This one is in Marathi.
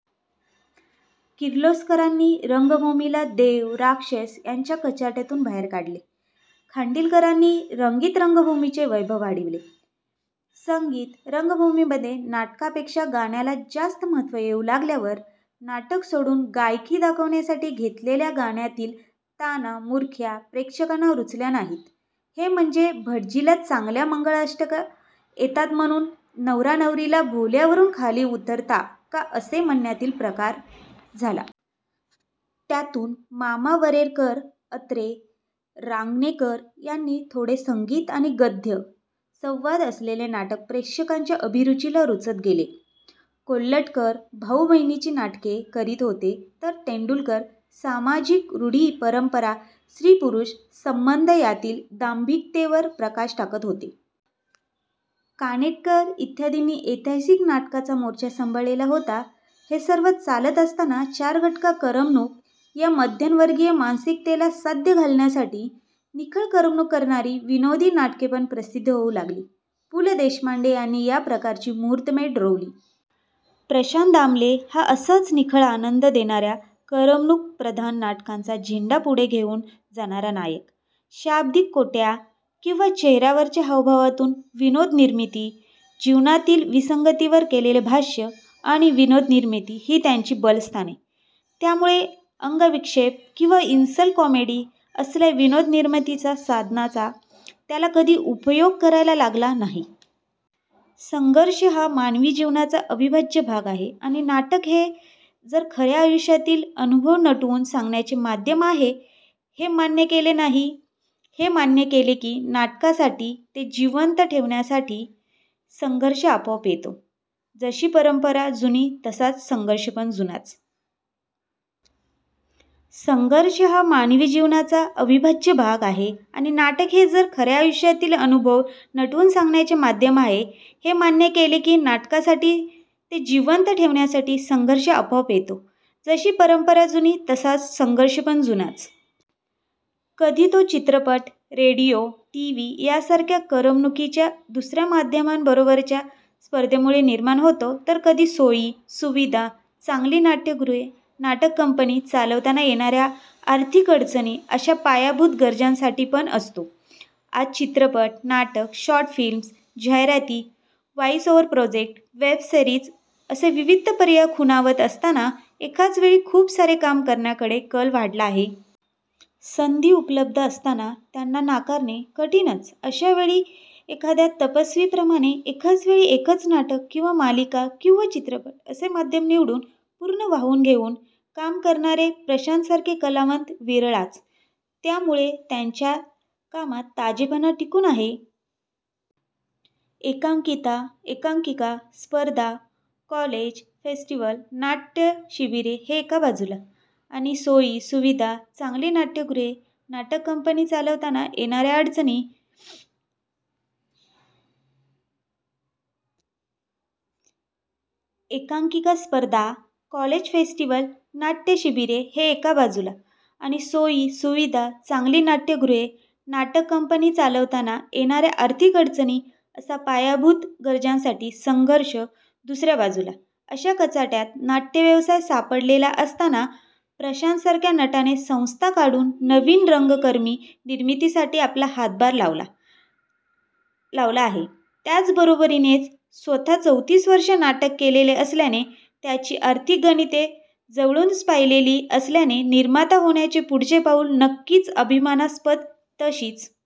किर्लोस्करांनी रंगभूमीला देव, राक्षस यांच्या कचाट्यातून बाहेर काढले, खाडिलकरांनी संगीत रंगभूमीचे वैभव वाढविले. संगीत रंगभूमीमध्ये नाटकापेक्षा गाण्याला जास्त महत्त्व येऊ लागल्यावर, नाटक सोडून गायकी दाखविण्यासाठी घेतलेल्या गाण्यातील ताना, मुरक्या प्रेक्षकांना रुचल्या नाहीत. हे म्हणजे भटजीला चांगल्या मंगलाष्टका येतात म्हणून नवरा नवरीला बोहल्यावरून खाली उतरता का असे म्हणण्यातील प्रकार झाला. त्यातून मामा वरेरकर, अत्रे, रांगणेकर यांची थोडे संगीत आणि गद्य, संवाद असलेले नाटक प्रेक्षकांच्या अभिरुचीला रुचत गेले. कोल्हटकर भाऊ-बहिणीची नाटके करीत होते तर तेंडुलकर सामाजिक रूढी परंपरा, स्त्री पुरुष संबंध यातील दांभिकतेवर प्रकाश टाकत होते. कानेटकर इत्यादींनी ऐतिहासिक नाटकांचा मोर्चा सांभाळलेला होता. हे सर्व चालत असताना चार घटका करमणूक या मध्यमवर्गीय मानसिकतेला साद घालण्यासाठी निखळ करमणूक करणारी, विनोदी नाटकेपण प्रसिद्ध होऊ लागली. पु ल देशपांडे यांनी या प्रकारची मुहूर्तमेढ रोवली. प्रशांत दामले हा असाच निखळ आनंद देणाऱ्या करमणूकप्रधान नाटकांचा झेंडा पुढे घेऊन जाणारा नायक. शाब्दिक कोट्या किंवा चेहऱ्यावरच्या हावभावातून विनोदनिर्मिती, जीवनातील विसंगतीवर केलेले भाष्य आणि विनोदनिर्मिती ही त्याची बलस्थाने, त्यामुळे अंगविक्षेप किंवा इन्सल्ट कॉमेडी असल्या विनोदनिर्मितीच्या साधनांचा त्याला कधी उपयोग करायला लागला नाही. संघर्ष हा मानवी जीवनाचा अविभाज्य भाग आहे आणि नाटक हे जर खऱ्या आयुष्यातील अनुभव नटवून सांगण्याचे माध्यम आहे हे मान्य केले की नाटकासाठी, ते जिवंत ठेवण्यासाठी संघर्ष आपोआप येतो. जशी परंपरा जुनी तसाच संघर्षपण जुनाच. कधी तो चित्रपट, रेडिओ, टीव्ही यासारख्या करमणुकीच्या दुसऱ्या माध्यमांबरोबरच्या स्पर्धेमुळे निर्माण होतो, तर कधी सोयी, सुविधा, चांगली नाट्यगृहे, नाटक कंपनी चालवताना येणाऱ्या आर्थिक अडचणी अशा पायाभूत गरजांसाठीपण असतो. आज चित्रपट, नाटक, शॉर्ट फिल्म्स, जाहिराती, voice over project, web series असे विविध पर्याय खुणावत असताना एकाच वेळी खूप सारे काम करण्याकडे कल वाढला आहे. संधी उपलब्ध असताना त्यांना नाकारणे कठीणच, अशावेळी एखाद्या तपस्वीप्रमाणे एका वेळी एकच नाटक किंवा मालिका किंवा चित्रपट असे माध्यम निवडून पूर्ण वाहून घेऊन काम करणारे प्रशांतसारखे कलावंत विरळाच. त्यामुळे त्याच्या कामात ताजेपणा टिकून आहे. एकांकिका स्पर्धा, कॉलेज फेस्टिवल्स, नाट्य शिबिरे हे एका बाजूला आणि सोयी, सुविधा, चांगली नाट्यगृहे, नाटक कंपनी चालवताना येणाऱ्या आर्थिक अडचणी अशा पायाभूत गरजांसाठी संघर्ष दुसऱ्या बाजूला अशा कचाट्यात नाट्यव्यवसाय सापडलेला असताना प्रशांतसारख्या नटाने संस्था काढून नवीन रंगकर्मी निर्मितीसाठी आपला हातभार लावला आहे, त्याबरोबरीनेच स्वतः चौतीस वर्षे नाटक केलेले असल्याने त्याची आर्थिक गणिते जवळून पाहिलेली असल्याने निर्माता होण्याचे पुढचे पाऊल नक्कीच अभिमानास्पद. तशीच